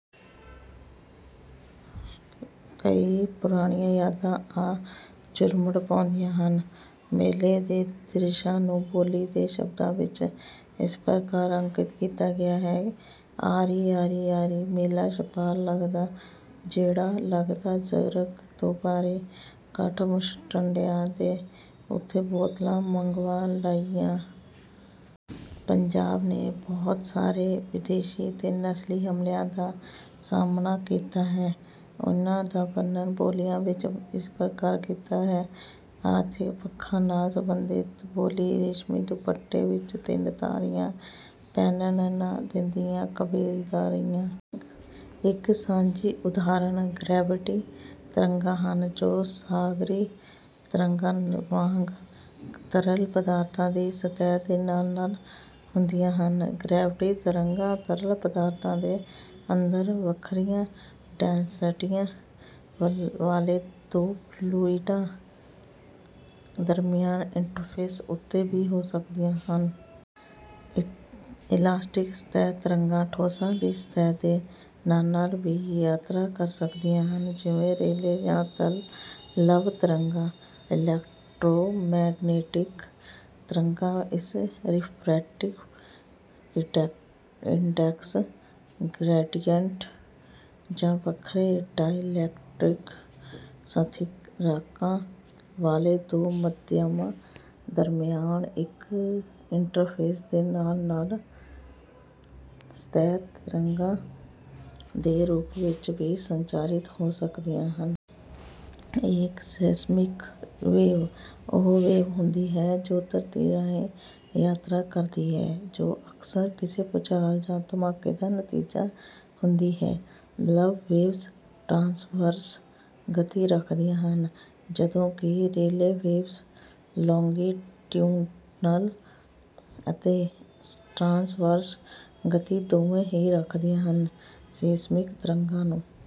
ਕਈ ਪੁਰਾਣੀਆਂ ਯਾਦਾਂ ਆ ਝੁਰਮਟ ਪਾਉਂਦੀਆਂ ਹਨ। ਮੇਲੇ ਦੇ ਦ੍ਰਿਸ਼ਾਂ ਨੂੰ ਬੋਲੀ ਦੇ ਸ਼ਬਦਾਂ ਵਿੱਚ ਇਸ ਪ੍ਰਕਾਰ ਅੰਕਿਤ ਕੀਤਾ ਗਿਆ ਹੈ- "ਆਰੀ ਆਰੀ ਆਰੀ, ਮੇਲਾ ਛਪਾਰ ਲੱਗਦਾ। ਜਿਹੜਾ ਲੱਗਦਾ ਜਰਗ ਤੋਂ ਭਾਰੀ, ਕੱਠ ਮੁਸ਼ਟੰਡਿਆਂ ਦੇ ਉੱਥੇ ਬੋਤਲਾਂ ਮੰਗਵਾ ਲਈਆਂ। ਪੰਜਾਬ ਨੇ ਬਹੁਤ ਸਾਰੇ ਵਿਦੇਸ਼ੀ ਤੇ ਨਸਲੀ ਹਮਲਿਆਂ ਦਾ ਸਾਹਮਣਾ ਕੀਤਾ ਹੈ। ਇਹਨਾਂ ਦਾ ਵਰਣਨ ਬੋਲੀਆਂ ਵਿੱਚ ਇਸ ਪ੍ਰਕਾਰ ਕੀਤਾ ਹੈ। ਆਰਥਿਕ ਪੱਖਾਂ ਨਾਲ ਸੰਬੰਧਿਤ ਬੋਲੀ- "ਰੇਸ਼ਮੀ ਦੁੱਪਟੇ ਵਿੱਚ ਤਿੰਨ ਧਾਰੀਆਂ, ਪਹਿਨਣੇ ਨਾ ਦਿੰਦੀਆਂ ਕਬੀਲਦਾਰਨੀਆਂ।" ਇੱਕ ਸਾਂਝੀ ਉਦਾਹਰਨ ਗਰੈਵਿਟੀ ਤਰੰਗਾਂ ਹਨ ਜੋ ਸਾਗਰੀ ਤਰੰਗਾਂ ਵਾਂਗ ਤਰਲ ਪਦਾਰਥਾਂ ਦੀ ਸਤਹਿ ਦੇ ਨਾਲ-ਨਾਲ ਹੁੰਦੀਆਂ ਹਨ। ਗਰੈਵਿਟੀ ਤਰੰਗਾਂ ਤਰਲ ਪਦਾਰਥਾਂ ਦੇ ਅੰਦਰ ਵੱਖਰੀਆਂ ਡੈਂਸਿਟੀਆਂ ਵਾਲੇ ਦੋ ਫਲੂਈਡਾਂ ਦਰਮਿਆਨ ਇੰਟ੍ਰਫੇਸ ਉੱਤੇ ਵੀ ਹੋ ਸਕਦੀਆਂ ਹਨ। ਇਲਾਸਟਿਕ ਸਤਹਿ ਤਰੰਗਾਂ ਠੋਸਾਂ ਦੀ ਸਤਹਿ ਦੇ ਨਾਲ-ਨਾਲ ਵੀ ਯਾਤਰਾ ਕਰ ਸਕਦੀਆਂ ਹਨ, ਜਿਵੇਂ ਰੇਲੇ ਜਾਂ ਲਵ ਤਰੰਗਾਂ। ਇਲੈਕਟ੍ਰੋਮੈਗਨੈਟਿਕ ਤਰੰਗਾਂ ਕਿਸੇ ਰਿਫ੍ਰੈਕਟਿਵ ਇੰਡੈਕਸ ਗ੍ਰੇਡੀਅੰਟ, ਜਾਂ ਵੱਖਰੇ ਡਾਇਲੈਕਟ੍ਰਿਕ ਸਥਿਰਾਂਕਾਂ ਵਾਲੇ ਦੋ ਮਾਧਿਅਮਾਂ ਦਰਮਿਆਨ ਇੱਕ ਇੰਟ੍ਰਫੇਸ ਦੇ ਨਾਲ-ਨਾਲ ਸਤਹਿ ਤਰੰਗਾਂ ਦੇ ਰੂਪ ਵਿੱਚ ਵੀ ਸੰਚਾਰਿਤ ਹੋ ਸਕਦੀਆਂ ਹਨ। ਇੱਕ ਸੇਸਮਿਕ ਵੇਵ ਉਹ ਵੇਵ ਹੁੰਦੀ ਹੈ ਜੋ ਧਰਤੀ ਰਾਹੀਂ ਯਾਤਰਾ ਕਰਦੀ ਹੈ, ਜੋ ਅਕਸਰ ਕਿਸੇ ਭੂਚਾਲ ਜਾਂ ਧਮਾਕੇ ਦਾ ਨਤੀਜਾ ਹੁੰਦੀ ਹੈ। ਲਵ ਵੇਵਜ਼ ਟ੍ਰਾਂਸਵਰਸ ਗਤੀ ਰੱਖਦੀਆਂ ਹਨ, ਜਦੋਂਕਿ ਰੇਲੇ ਵੇਵਜ਼ ਲੌਂਗੀਟਿਊਡਨਲ ਅਤੇ ਟ੍ਰਾਂਸਵਰਸ ਗਤੀ ਦੋਵੇਂ ਹੀ ਰੱਖਦੀਆਂ ਹਨ। ਸੇਸਮਿਕ ਤਰੰਗਾਂ ਨੂੰ